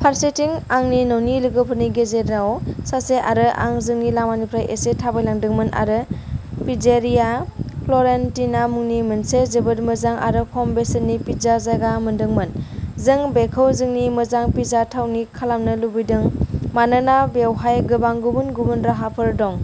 फारसेथिं, आंनि न'नि लोगोफोरनि गेजेराव सासे आरो आं जोंनि लामानिफ्राय एसे थाबायलांदोंमोन आरो पिज्जेरिया फ्ल'रेन्टिना मुंनि मोनसे जोबोद मोजां आरो खम बेसेननि पिज्जा जायगा मोनदोंमोन। जों बेखौ जोंनि मोजां पिज्जा थावनि खालामनो लुबैदों मानोना बेवहाय गोबां गुबुन गुबुन राहाफोर दं।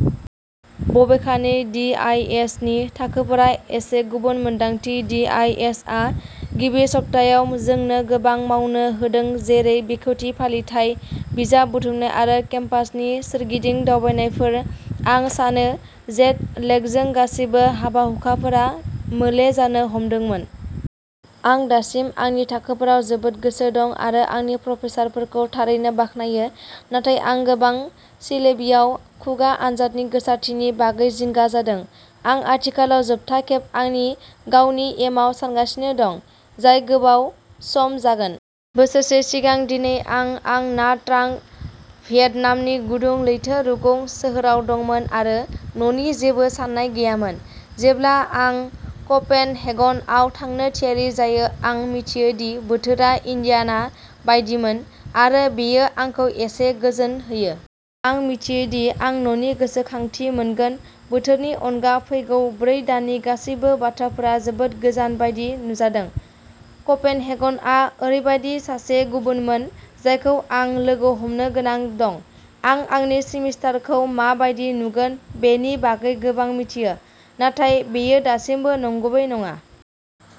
बबेखानि, डि. आइ. एस. नि थाखोफोरा एसे गुबुन मोन्दांथि। डि. आइ. एस. आ गिबि सप्तायाव जोंनो गोबां मावनो होदों जेरै बेखेवथि फालिथाइ, बिजाब बुथुमनाय आरो केम्पासनि सोरगिदिं दावबायनायफोर। आं सानो जेट लेगजों गासैबो हाबा-हुखाफोरा मोले जानो हमदोंमोन। आं दासिम आंनि थाखोफोराव जोबोद गोसो दं आरो आंनि प्रफेसारफोरखौ थारैनो बाख्नायो नाथाय आं गोबां सिलेबियाव खुगा आनजादनि गोसारथिनि बागै जिंगा जादों। आं आथिखालाव जोबथा खेब आंनि गावनि एमाव सानगासिनो दं, जाय गोबाव सम जागोन। बोसोरसे सिगां दिनै आं आं ना ट्रांग, भियेटनामनि गुदुं लैथो रुगुं सोहोराव दंमोन आरो न'नि जेबो साननाय गैयामोन। जेब्ला आं क'पेनहेगनआव थांनो थियारि जायो, आं मिथियो दि बोथोरा इन्डियाना बायदिमोन आरो बेयो आंखौ एसे गोजोन होयो। आं मिथियो दि आं न'नि गोसोखांथि मोनगोन। बोथोरनि अनगा, फैगौ ब्रै दाननि गासैबो बाथ्राफोरा जोबोद गोजान बायदि नुजादों। क'पेनहेगनआ ओरैबायदि सासे गुबुनमोन जायखौ आं लोगो हमनो गोनां दं। आं आंनि सेमिस्टारखौ मा बायदि नुगोन बेनि बागै गोबां मिथियो, नाथाय बेयो दासिमबो नंगुबै नङा।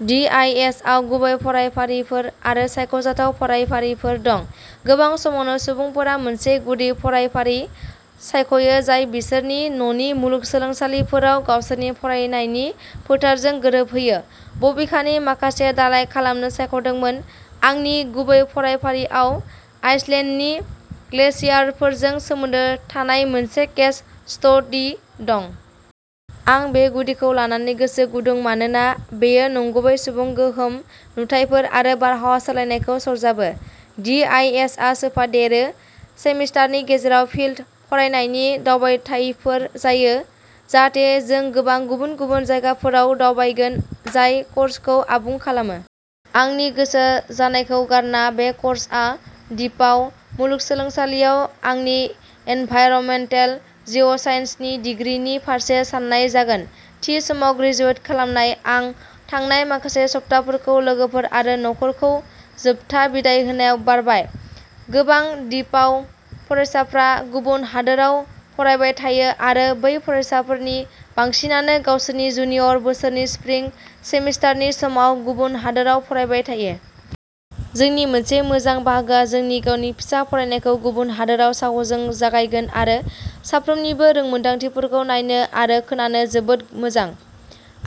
डि. आइ. एस. आव गुबै फरायफारिफोर आरो सायख'जाथाव फरायफारिफोर दं। गोबां समावनो सुबुंफोरा मोनसे गुदि फरायफारि सायख'यो जाय बिसोरनि न'नि मुलुगसोलोंसालिफोराव गावसोरनि फरायनायनि फोथारजों गोरोबहोयो। बबेखानि, माखासेया दालाइ खालामनो सायख'दोंमोन। आंनि गुबै फरायफारिआव आइसलेन्डनि ग्लेशियारफोरजों सोमोन्दो थानाय मोनसे केस स्टडि दं। आं बे गुदिखौ लानानै गोसो गुदुं मानोना बेयो नंगुबै सुबुं गोहोम नुथायफोर आरो बारहावा सोलायनायखौ सरजाबो। डि. आइ. एस. आ सोफादेरो। सेमिस्टारनि गेजेराव फिल्ड फरायनायनि दावबायथायफोर जायो, जाहाथे जों गोबां गुबुन-गुबुन जायगाफोराव दावबायगोन जाय कर्सखौ आबुं खालामो। आंनि गोसो जानायखौ गारना, बे कर्सआ डिपाउ मुलुगसोलोंसालियाव आंनि एनभाइरनमेन्टेल जिअ'साइन्सनि दिग्रिनि फारसे साननाय जागोन। थि समाव ग्रेजुवेट खालामनाय आं थांनाय माखासे सप्ताफोरखौ लोगोफोर आरो नखरखौ जोबथा बिदाइ होनायाव बारबाय। गोबां डिपाउ फरायसाफ्रा गुबुन हादोराव फरायबाय थायो आरो बै फरायसाफोरनि बांसिनानो गावसोरनि जुनियर बोसोरनि स्प्रिं सेमिस्टारनि समाव गुबुन हादोराव फरायबाय थायो। जोंनि मोनसे मोजां बाहागोआ जोंनि गावनि फिसा फरायनायखौ गुबुन हादोराव साहसजों जागायगोन आरो साफ्रोमनिबो रोंमोनदांथिफोरखौ नायनो आरो खोनानो जोबोद मोजां।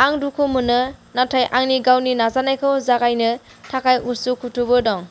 आं दुखु मोनो, नाथाय आंनि गावनि नाजानायखौ जागायनो थाखाय उसुखुथुबो दं।